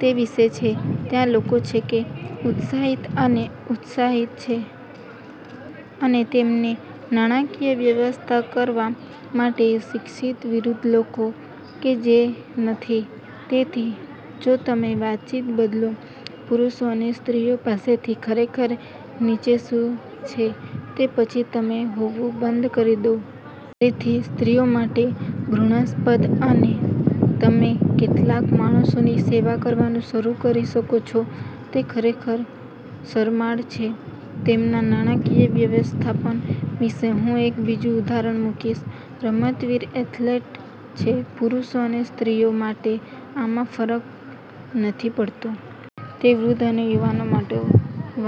તે વિશે છે, ત્યાં લોકો છે કે ઉત્સાહિત અને ઉત્સાહિત છે અને તેમની નાણાકીય વ્યવસ્થા કરવા માટે શિક્ષિત વિરુદ્ધ લોકો કે જે નથી. તેથી જો તમે વાતચીત બદલો પુરુષો અને સ્ત્રીઓ પાસેથી ખરેખર નીચે શું છે, તો પછી તમે હોવું બંધ કરી દો. તેથી સ્ત્રીઓ માટે ઘૃણાસ્પદ અને તમે કેટલાક માણસોની સેવા કરવાનું શરૂ કરી શકો છો, તે ખરેખર શરમાળ છે તેમના નાણાકીય વ્યવસ્થાપન વિશે. હું એક બીજું ઉદાહરણ મૂકીશ. રમતવીર એથ્લેટ છે. પુરુષો અને સ્ત્રીઓ માટે આમાં ફરક નથી પડતો. તે વૃદ્ધ અને યુવાન માટે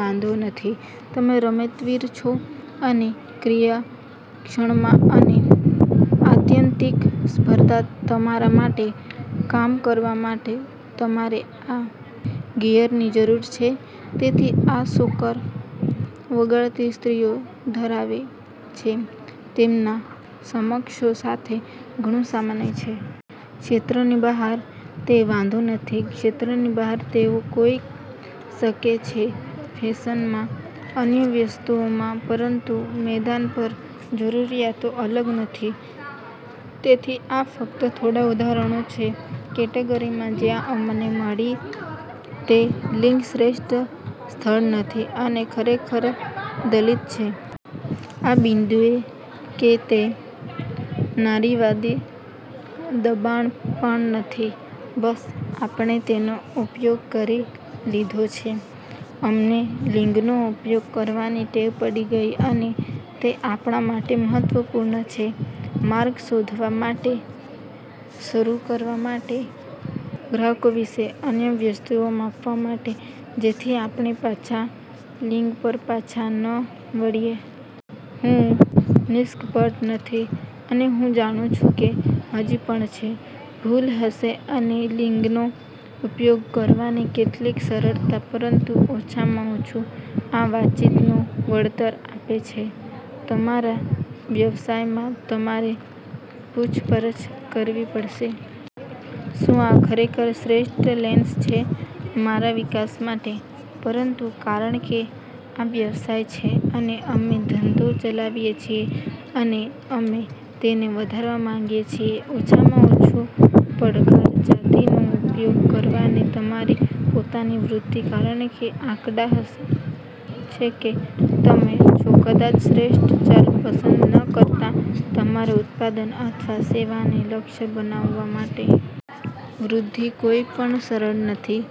વાંધો નથી, તમે રમતવીર છો અને ક્રિયાની ક્ષણમાં અને આત્યંતિક સ્પર્ધા તમારા માટે કામ કરવા માટે તમારે આ ગિયરની જરૂર છે. તેથી આ સોકર વગાડતી સ્ત્રીઓ ધરાવે છે, તેમના સમકક્ષો સાથે ઘણું સામાન્ય છે. ક્ષેત્રની બહાર, તે વાંધો નથી. ક્ષેત્રની બહાર, તેઓ હોઈ શકે છે ફેશનમાં, અન્ય વસ્તુઓમાં, પરંતુ મેદાન પર જરૂરિયાતો અલગ નથી. તેથી આ ફક્ત થોડા ઉદાહરણો છે કેટેગરીમાં જ્યાં અમને મળી તે લિંગ શ્રેષ્ઠ સ્થળ નથી અને ખરેખર દલીલ છે. આ બિંદુએ કે તે નારીવાદી દબાણ પણ નથી, બસ, આપણે તેનો ઉપયોગ કરી લીધો છે. અમને લિંગનો ઉપયોગ કરવાની ટેવ પડી ગઈ અને તે આપણા માટે મહત્વપૂર્ણ છે. માર્ગ શોધવા માટે શરૂ કરવા માટે, ગ્રાહકો વિશે અન્ય વસ્તુઓ માપવા માટે જેથી આપણે પાછા લિંગ પર પાછા ન વળીએ. હું નિષ્કપટ નથી અને હું જાણું છું કે હજી પણ છે ભૂખ હશે અને લિંગનો ઉપયોગ કરવાની કેટલીક સરળતા, પરંતુ ઓછામાં ઓછું આ વાતચીતનું વળતર આપે છે. તમારા વ્યવસાયમાં, તમારે પૂછપરછ કરવી પડશે. શું આ ખરેખર શ્રેષ્ઠ લેન્સ છે મારા વિકાસ માટે? પરંતુ કારણ કે આ વ્યવસાય છે અને અમે ધંધો ચલાવીએ છીએ, અને અમે તેને વધવા માંગીએ છીએ ઓછામાં ઓછું પડકાર જાતિનો ઉપયોગ કરવાની તમારી પોતાની વૃત્તિ, કારણ કે આંકડા કહે છે કે તમે છો કદાચ શ્રેષ્ઠ ચલ પસંદ ન કરતા તમારા ઉત્પાદન અથવા સેવાને લક્ષ્ય બનાવવા માટે. વૃદ્ધિ કોઈ પણ સરળ નથી.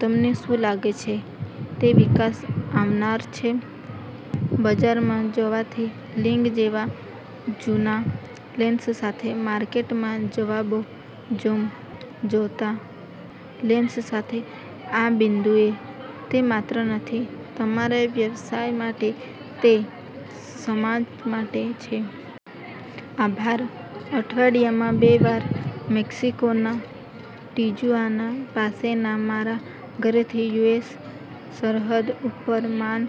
તમને શું લાગે છે તે વિકાસ આવનાર છે ,બજારમાં જવાથી લિંગ જેવા જૂનાં લેન્સ સાથે? માર્કેટમાં જવાબો જેમ જૂતા લેન્સ સાથે? આ બિંદુએ, તે માત્ર નથી તમારા વ્યવસાય માટે, તે સમાજ માટે છે. આભાર. અઠવાડિયામાં બે વાર, મેક્સિકોના ટિજુઆના પાસેના મારા ઘરેથી યુ. એસ. સરહદ ઉપર, સાન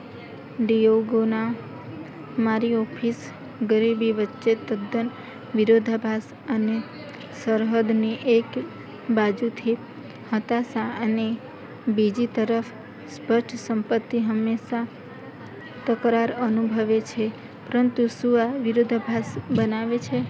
ડિએગોમાં મારી ઓફિસ ગરીબી વચ્ચે તદ્દન વિરોધાભાસ અને સરહદની એક બાજુથી હતાશા અને બીજી તરફ સ્પષ્ટ સંપત્તિ હંમેશા તકરાર અનુભવે છે. પરંતુ શું આ વિરોધાભાસ બનાવે છે.